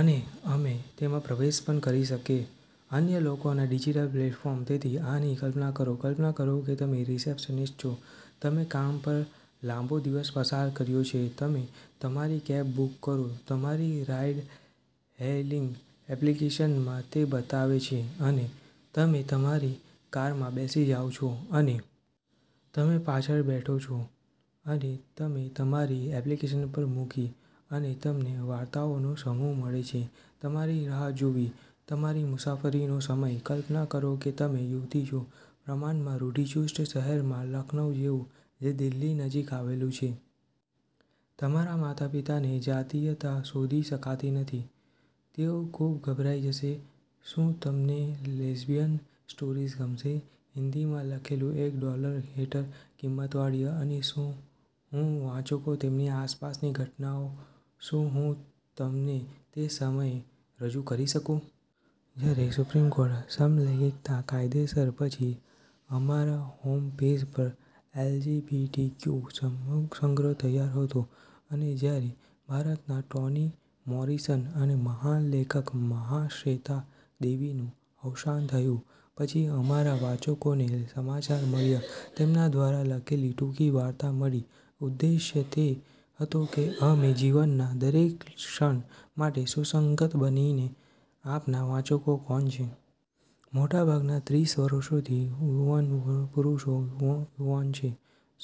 અને અમે તેમાં પ્રવેશ પણ કરી શકીએ અન્ય લોકોના ડિજિટલ પ્લેટફોર્મ. તેથી, આની કલ્પના કરો: કલ્પના કરો કે તમે રિસેપ્શનિસ્ટ છો, તમે કામ પર લાંબો દિવસ પસાર કર્યો છે, તમે તમારી કેબ બુક કરો તમારી રાઇડ-હેઇલિંગ એપ્લિકેશનમાં, તે બતાવે છે, અને તમે તમારી કારમાં બેસી જાઓ છો, અને। તમે પાછળ બેઠો છો, અને તમે તમારી એપ્લિકેશન પર મૂકી. અને તમને વાર્તાઓનો સમૂહ મળે છે તમારી રાહ જોવી, તમારી મુસાફરીનો સમય. કલ્પના કરો કે તમે યુવતી છો, પ્રમાણમાં રૂઢિચુસ્ત શહેરમાં લખનૌ જેવું, જે દિલ્હી નજીક આવેલું છે. તમારા માતાપિતાને જાતિયતા શોધી શકાતી નથી તેઓ ખૂબ ગભરાઈ જશે શું તમને લેસ્બિયન સ્ટોરીઝ ગમશે? હિન્દીમાં લખેલું એક ડોલર હેઠળ કિંમતવાળી અને શું હું વાચકો તેમની આસપાસની ઘટનાઓ શું હું તમને તે સમયે રજૂ કરી શકું? જ્યારે સુપ્રીમ કોર્ટ સમલૈંગિકતા કાયદેસર, પછી અમારા હોમ પેજ પર એલજીબીટીક્યુ સંગ્રહ તૈયાર હતો અને જ્યારે ભારતના ટોની મોરીસન અને મહાન લેખક મહાશ્વેતા દેવીનું અવસાન થયું પછી અમારા વાચકોને સમાચાર મળ્યા તેમના દ્વારા લખેલી ટૂંકી વાર્તા મળી ઉદ્દેશ તે હતો કે અમે જીવનના દરેક ક્ષણ માટે સુસંગત બનીએ આપણા વાચકો કોણ છે? મોટાભાગના ત્રીસ વર્ષોથી યુવાન પુરુષો યુવાન છે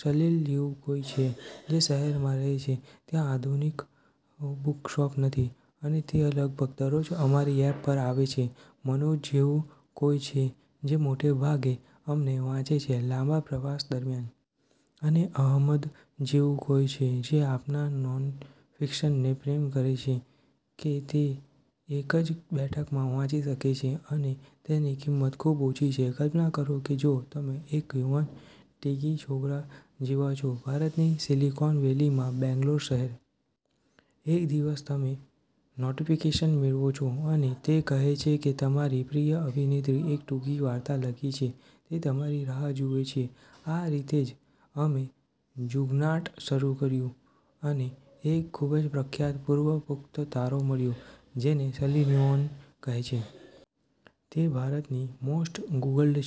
સલીલ જેવું કોઈ છે, જે શહેરમાં રહે છે ત્યા આધુનિક બુકશોપ નથી. અને તે લગભગ દરરોજ અમારી એપ પર આવે છે. મનોજ જેવું કોઈ છે, જે મોટે ભાગે અમને વાંચે છે લાંબા પ્રવાસ દરમિયાન. અને અહમદ જેવું કોઈ છે, જે આપણા નોનફિક્શનને પ્રેમ કરે છે કે તે એક જ બેઠકમાં વાંચી શકે છે, અને તેની કિંમત ખૂબ ઓછી છે. કલ્પના કરો કે જો તમે એક યુવાન, ટેકી છોકરા જેવા છો ભારતની સિલિકોન વેલીમાં બેંગ્લોર શહેર. એક દિવસ તમૅ નોટીફીકેશન મેળવો છો અને તે કહે છે કે તમારી પ્રિય અભિનેત્રી એક ટૂંકી વાર્તા લખી છે તે તમારી રાહ જુએ છે આ રીતે જ અમે જુગર્નાટ શરૂ કર્યું. અમને એક ખૂબ જ પ્રખ્યાત પૂર્વ-પુખ્ત તારો મળ્યો, જેને સન્ની લિયોન કહે છે. તે ભારતની મોસ્ટ ગુગલ્ડ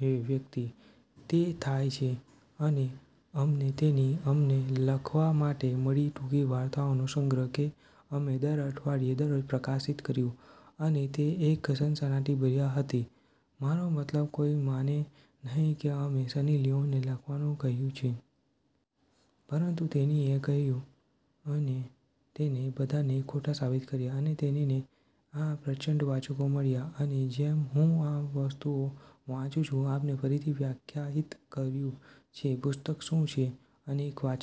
છે વ્યક્તિ, તે થાય છે. અને અમને તેણી અમને લખવા માટે મળી ટૂંકી વાર્તાઓનો સંગ્રહ કે અમે દર અઠવાડિયે દરરોજ પ્રકાશિત કર્યું. અને તે એક સનસનાટીભર્યા હતી. મારો મતલબ, કોઈ માને નહીં કે અમે સન્ની લિયોનને લખવાનું કહ્યું છે. પરંતુ તેણીએ કર્યું અને તેણે બધાને ખોટા સાબિત કર્યા, અને તેણીને આ પ્રચંડ વાચકો મળ્યા. અને જેમ હું આ વસ્તુઓ વાંચું છું આપણે ફરીથી વ્યાખ્યાયિત કર્યું છે પુસ્તક શું છે અને એક વાચક